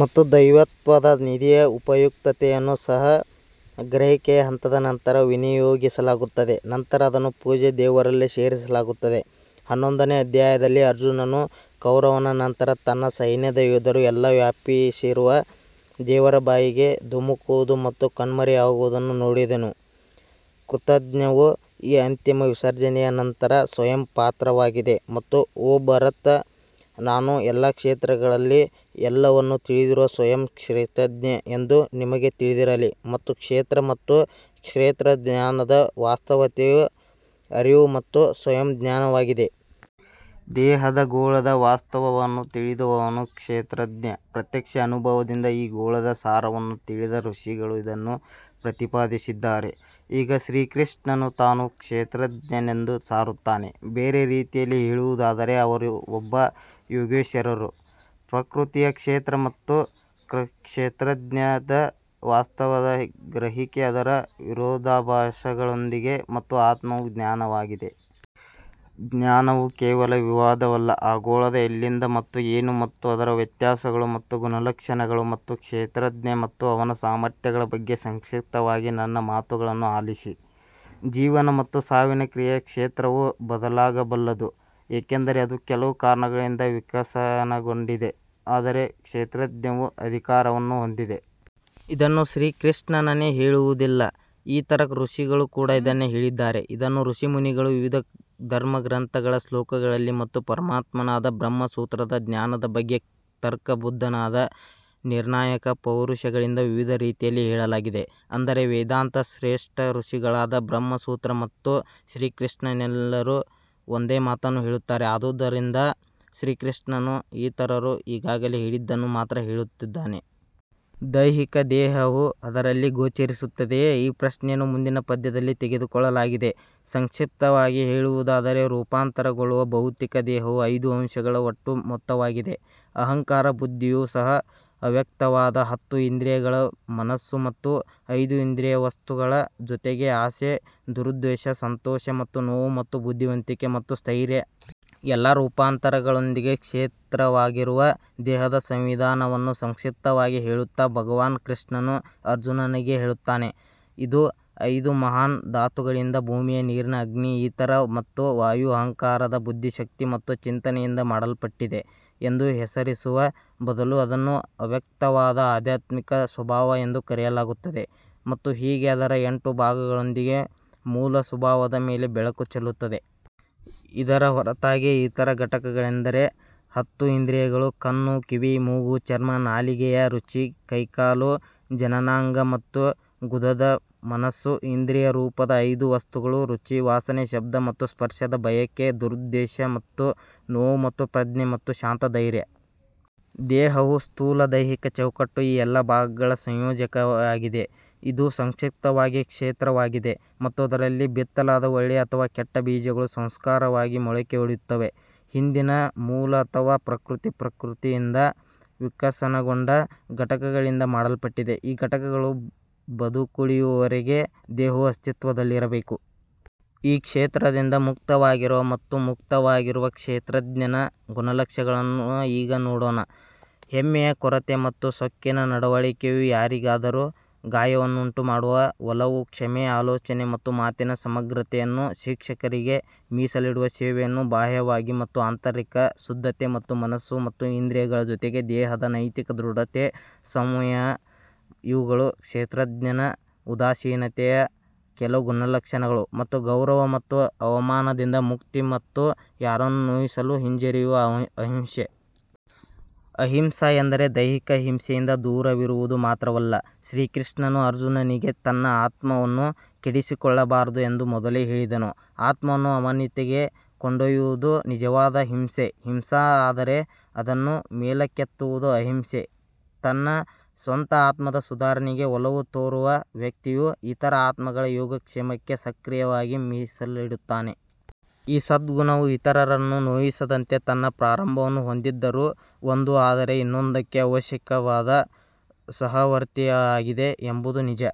ಮತ್ತು ದೈವತ್ವದ ನಿಧಿಯ ಉಪಯುಕ್ತತೆಯನ್ನು ಸಹ ಗ್ರಹಿಕೆಯ ಹಂತದ ನಂತರ ವಿನಿಯೋಗಿಸಲಾಗುತ್ತದೆ ನಂತರ ಅದನ್ನು ಪೂಜ್ಯ ದೇವರಲ್ಲಿ ಸೇರಿಸಲಾಗುತ್ತದೆ. ಹನ್ನೊಂದನೇ ಅಧ್ಯಾಯದಲ್ಲಿ ಅರ್ಜುನನು ಕೌರವನ ನಂತರ ತನ್ನ ಸೈನ್ಯದ ಯೋಧರು ಎಲ್ಲಾ ವ್ಯಾಪಿಸಿರುವ ದೇವರ ಬಾಯಿಗೆ ಧುಮುಕುವುದು ಮತ್ತು ಕಣ್ಮರೆಯಾಗುವುದನ್ನು ನೋಡಿದನು. ಕ್ಷೇತ್ರಜ್ಞವು ಈ ಅಂತಿಮ ವಿಸರ್ಜನೆಯ ನಂತರ ಸ್ವಯಂ ಪಾತ್ರವಾಗಿದೆ ಮತ್ತು ಓ ಭರತ್ ನಾನು ಎಲ್ಲಾ ಕ್ಷೇತ್ರಗಳಲ್ಲಿ ಎಲ್ಲವನ್ನೂ ತಿಳಿದಿರುವ ಸ್ವಯಂ ಕ್ಷೇತ್ರಜ್ಞ ಎಂದು ನಿಮಗೆ ತಿಳಿದಿರಲಿ ಮತ್ತು ಕ್ಷೇತ್ರ ಮತ್ತು ಕ್ಷೇತ್ರಜ್ಞಾನದ ವಾಸ್ತವತೆಯ ಅರಿವು ಮತ್ತು ಸ್ವಯಂ ಜ್ಞಾನವಾಗಿದೆ. ದೇಹದ ಗೋಳದ ವಾಸ್ತವವನ್ನು ತಿಳಿದವನು ಕ್ಷೇತ್ರಜ್ಞ ಪ್ರತ್ಯಕ್ಷ ಅನುಭವದಿಂದ ಈ ಗೋಳದ ಸಾರವನ್ನು ತಿಳಿದ ಋಷಿಗಳು ಇದನ್ನು ಪ್ರತಿಪಾದಿಸಿದ್ದಾರೆ. ಈಗ ಶ್ರೀಕೃಷ್ಣನು ತಾನೂ ಕ್ಷೇತ್ರಜ್ಞನೆಂದು ಸಾರುತ್ತಾನೆ ಬೇರೆ ರೀತಿಯಲ್ಲಿ ಹೇಳುವುದಾದರೆ ಅವರೂ ಒಬ್ಬ ಯೋಗೇಶ್ವರರು ಪ್ರಕೃತಿಯ ಕ್ಷೇತ್ರ ಮತ್ತು ಕ್ಷೇತ್ರಜ್ಞದ ವಾಸ್ತವದ ಗ್ರಹಿಕೆ ಅದರ ವಿರೋಧಾಭಾಸಗಳೊಂದಿಗೆ ಮತ್ತು ಆತ್ಮವು ಜ್ಞಾನವಾಗಿದೆ. ಜ್ಞಾನವು ಕೇವಲ ವಿವಾದವಲ್ಲ ಆ ಗೋಳದ ಎಲ್ಲಿಂದ ಮತ್ತು ಏನು ಮತ್ತು ಅದರ ವ್ಯತ್ಯಾಸಗಳು ಮತ್ತು ಗುಣಲಕ್ಷಣಗಳು ಮತ್ತು ಕ್ಷೇತ್ರಜ್ಞ ಮತ್ತು ಅವನ ಸಾಮರ್ಥ್ಯಗಳ ಬಗ್ಗೆ ಸಂಕ್ಷಿಪ್ತವಾಗಿ ನನ್ನ ಮಾತುಗಳನ್ನು ಆಲಿಸಿ. ಜೀವನ ಮತ್ತು ಸಾವಿನ ಕ್ರಿಯೆಯ ಕ್ಷೇತ್ರವು ಬದಲಾಗಬಲ್ಲದು ಏಕೆಂದರೆ ಅದು ಕೆಲವು ಕಾರಣಗಳಿಂದ ವಿಕಸನಗೊಂಡಿದೆ ಆದರೆ ಕ್ಷೇತ್ರಜ್ಞವು ಅಧಿಕಾರವನ್ನು ಹೊಂದಿದೆ. ಇದನ್ನು ಶ್ರೀಕೃಷ್ಣನೇ ಹೇಳುವುದಿಲ್ಲ ಇತರ ಋಷಿಗಳು ಕೂಡ ಇದನ್ನೇ ಹೇಳಿದ್ದಾರೆ ಇದನ್ನು ಋಷಿಮುನಿಗಳು ವಿವಿಧ ಧರ್ಮಗ್ರಂಥಗಳ ಶ್ಲೋಕಗಳಲ್ಲಿ ಮತ್ತು ಪರಮಾತ್ಮನಾದ ಬ್ರಹ್ಮಸೂತ್ರದ ಜ್ಞಾನದ ಬಗ್ಗೆ ತರ್ಕಬದ್ಧವಾದ ನಿರ್ಣಾಯಕ ಪೌರುಷಗಳಿಂದ ವಿವಿಧ ರೀತಿಯಲ್ಲಿ ಹೇಳಲಾಗಿದೆ. ಅಂದರೆ ವೇದಾಂತ ಶ್ರೇಷ್ಠ ಋಷಿಗಳಾದ ಬ್ರಹ್ಮಸೂತ್ರ ಮತ್ತು ಶ್ರೀಕೃಷ್ಣನೆಲ್ಲರೂ ಒಂದೇ ಮಾತನ್ನು ಹೇಳುತ್ತಾರೆ ಆದುದರಿಂದ ಶ್ರೀಕೃಷ್ಣನು ಇತರರು ಈಗಾಗಲೇ ಹೇಳಿದ್ದನ್ನು ಮಾತ್ರ ಹೇಳುತ್ತಿದ್ದಾನೆ. ದೈಹಿಕ ದೇಹವು ಅದರಲ್ಲಿ ಗೋಚರಿಸುತ್ತದೆಯೇ ಈ ಪ್ರಶ್ನೆಯನ್ನು ಮುಂದಿನ ಪದ್ಯದಲ್ಲಿ ತೆಗೆದುಕೊಳ್ಳಲಾಗಿದೆ. ಸಂಕ್ಷಿಪ್ತವಾಗಿ ಹೇಳುವುದಾದರೆ ರೂಪಾಂತರಗೊಳ್ಳುವ ಭೌತಿಕ ದೇಹವು ಐದು ಅಂಶಗಳ ಒಟ್ಟು ಮೊತ್ತವಾಗಿದೆ ಅಹಂಕಾರ ಬುದ್ಧಿಯು ಸಹ ಅವ್ಯಕ್ತವಾದ ಹತ್ತು ಇಂದ್ರಿಯಗಳ ಮನಸ್ಸು ಮತ್ತು ಐದು ಇಂದ್ರಿಯ ವಸ್ತುಗಳ ಜೊತೆಗೆ ಆಸೆ ದುರುದ್ದೇಶ ಸಂತೋಷ ಮತ್ತು ನೋವು ಮತ್ತು ಬುದ್ಧಿವಂತಿಕೆ ಮತ್ತು ಸ್ಥೈರ್ಯ. ಎಲ್ಲಾ ರೂಪಾಂತರಗಳೊಂದಿಗೆ ಕ್ಷೇತ್ರವಾಗಿರುವ ದೇಹದ ಸಂವಿಧಾನವನ್ನು ಸಂಕ್ಷಿಪ್ತವಾಗಿ ಹೇಳುತ್ತಾ ಭಗವಾನ್ ಕೃಷ್ಣನು ಅರ್ಜುನನಿಗೆ ಹೇಳುತ್ತಾನೆ ಇದು ಐದು ಮಹಾನ್ ಧಾತುಗಳಿಂದ ಭೂಮಿಯ ನೀರಿನ ಅಗ್ನಿ ಈಥರ್ ಮತ್ತು ವಾಯು ಅಹಂಕಾರದ ಬುದ್ಧಿಶಕ್ತಿ ಮತ್ತು ಚಿಂತನೆಯಿಂದ ಮಾಡಲ್ಪಟ್ಟಿದೆ ಎಂದು ಹೆಸರಿಸುವ ಬದಲು ಅದನ್ನು ಅವ್ಯಕ್ತವಾದ ಆಧ್ಯಾತ್ಮಿಕ ಸ್ವಭಾವ ಎಂದು ಕರೆಯಲಾಗುತ್ತದೆ ಮತ್ತು ಹೀಗೆ ಅದರ ಎಂಟು ಭಾಗಗಳೊಂದಿಗೆ ಮೂಲ ಸ್ವಭಾವದ ಮೇಲೆ ಬೆಳಕು ಚೆಲ್ಲುತ್ತದೆ. ಇದರ ಹೊರತಾಗಿ ಇತರ ಘಟಕಗಳೆಂದರೆ ಹತ್ತು ಇಂದ್ರಿಯಗಳು ಕಣ್ಣು ಕಿವಿ ಮೂಗು ಚರ್ಮ ನಾಲಿಗೆಯ ರುಚಿ ಕೈ ಕಾಲು ಜನನಾಂಗ ಮತ್ತು ಗುದದ ಮನಸ್ಸು ಇಂದ್ರಿಯ ರೂಪದ ಐದು ವಸ್ತುಗಳು ರುಚಿ ವಾಸನೆ ಶಬ್ದ ಮತ್ತು ಸ್ಪರ್ಶದ ಬಯಕೆ ದುರುದ್ದೇಶ ಮತ್ತು ನೋವು ಮತ್ತು ಪ್ರಜ್ಞೆ ಮತ್ತು ಶಾಂತ ಧೈರ್ಯ. ದೇಹವು ಸ್ಥೂಲ ದೈಹಿಕ ಚೌಕಟ್ಟು ಈ ಎಲ್ಲಾ ಭಾಗಗಳ ಸಂಯೋಜನೆಯಾಗಿದೆ ಇದು ಸಂಕ್ಷಿಪ್ತವಾಗಿ ಕ್ಷೇತ್ರವಾಗಿದೆ ಮತ್ತು ಅದರಲ್ಲಿ ಬಿತ್ತಲಾದ ಒಳ್ಳೆಯ ಅಥವಾ ಕೆಟ್ಟ ಬೀಜಗಳು ಸಂಸ್ಕಾರವಾಗಿ ಮೊಳಕೆಯೊಡೆಯುತ್ತವೆ ಹಿಂದಿನ ಮೂಲ ಅಥವಾ ಪ್ರಕೃತಿ ಪ್ರಕೃತಿಯಿಂದ ವಿಕಸನಗೊಂಡ ಘಟಕಗಳಿಂದ ಮಾಡಲ್ಪಟ್ಟಿದೆ ಈ ಘಟಕಗಳು ಬದುಕುಳಿಯುವವರೆಗೆ ದೇಹವು ಅಸ್ತಿತ್ವದಲ್ಲಿರಬೇಕು. ಈ ಕ್ಷೇತ್ರದಿಂದ ಮುಕ್ತವಾಗಿರುವ ಮತ್ತು ಮುಕ್ತವಾಗಿರುವ ಕ್ಷೇತ್ರಜ್ಞನ ಗುಣಲಕ್ಷಣಗಳನ್ನು ಈಗ ನೋಡೋಣ. ಹೆಮ್ಮೆಯ ಕೊರತೆ ಮತ್ತು ಸೊಕ್ಕಿನ ನಡವಳಿಕೆಯು ಯಾರಿಗಾದರೂ ಗಾಯವನ್ನುಂಟುಮಾಡುವ ಒಲವು ಕ್ಷಮೆ ಆಲೋಚನೆ ಮತ್ತು ಮಾತಿನ ಸಮಗ್ರತೆಯನ್ನು ಶಿಕ್ಷಕರಿಗೆ ಮೀಸಲಿಡುವ ಸೇವೆಯನ್ನು ಬಾಹ್ಯವಾಗಿ ಮತ್ತು ಆಂತರಿಕ ಶುದ್ಧತೆ ಮತ್ತು ಮನಸ್ಸು ಮತ್ತು ಇಂದ್ರಿಯಗಳ ಜೊತೆಗೆ ದೇಹದ ನೈತಿಕ ದೃಢತೆ ಸಂಯಮ ಇವುಗಳು ಕ್ಷೇತ್ರಜ್ಞನ ಉದಾಸೀನತೆಯ ಕೆಲವು ಗುಣಲಕ್ಷಣಗಳು ಮತ್ತು ಗೌರವ ಮತ್ತು ಅವಮಾನದಿಂದ ಮುಕ್ತಿ ಮತ್ತು ಯಾರನ್ನೂ ನೋಯಿಸಲು ಹಿಂಜರಿಯುವ ಅಹಿಂಸೆ. ಅಹಿಂಸಾ ಎಂದರೆ ದೈಹಿಕ ಹಿಂಸೆಯಿಂದ ದೂರವಿರುವುದು ಮಾತ್ರವಲ್ಲ ಶ್ರೀಕೃಷ್ಣನು ಅರ್ಜುನನಿಗೆ ತನ್ನ ಆತ್ಮವನ್ನು ಕೆಡಿಸಿಕೊಳ್ಳಬಾರದು ಎಂದು ಮೊದಲೇ ಹೇಳಿದನು ಆತ್ಮವನ್ನು ಅವನತಿಗೆ ಕೊಂಡೊಯ್ಯುವುದು ನಿಜವಾದ ಹಿಂಸೆ ಹಿಂಸಾ ಆದರೆ ಅದನ್ನು ಮೇಲಕ್ಕೆತ್ತುವುದು ಅಹಿಂಸೆ. ತನ್ನ ಸ್ವಂತ ಆತ್ಮದ ಸುಧಾರಣೆಗೆ ಒಲವು ತೋರುವ ವ್ಯಕ್ತಿಯು ಇತರ ಆತ್ಮಗಳ ಯೋಗಕ್ಷೇಮಕ್ಕೆ ಸಕ್ರಿಯವಾಗಿ ಮೀಸಲಿಡುತ್ತಾನೆ. ಈ ಸದ್ಗುಣವು ಇತರರನ್ನು ನೋಯಿಸದಂತೆ ತನ್ನ ಪ್ರಾರಂಭವನ್ನು ಹೊಂದಿದ್ದರೂ ಒಂದು ಆದರೆ ಇನ್ನೊಂದಕ್ಕೆ ಅವಶ್ಯಕವಾದ ಸಹವರ್ತಿಯಾಗಿದೆ ಎಂಬುದು ನಿಜ.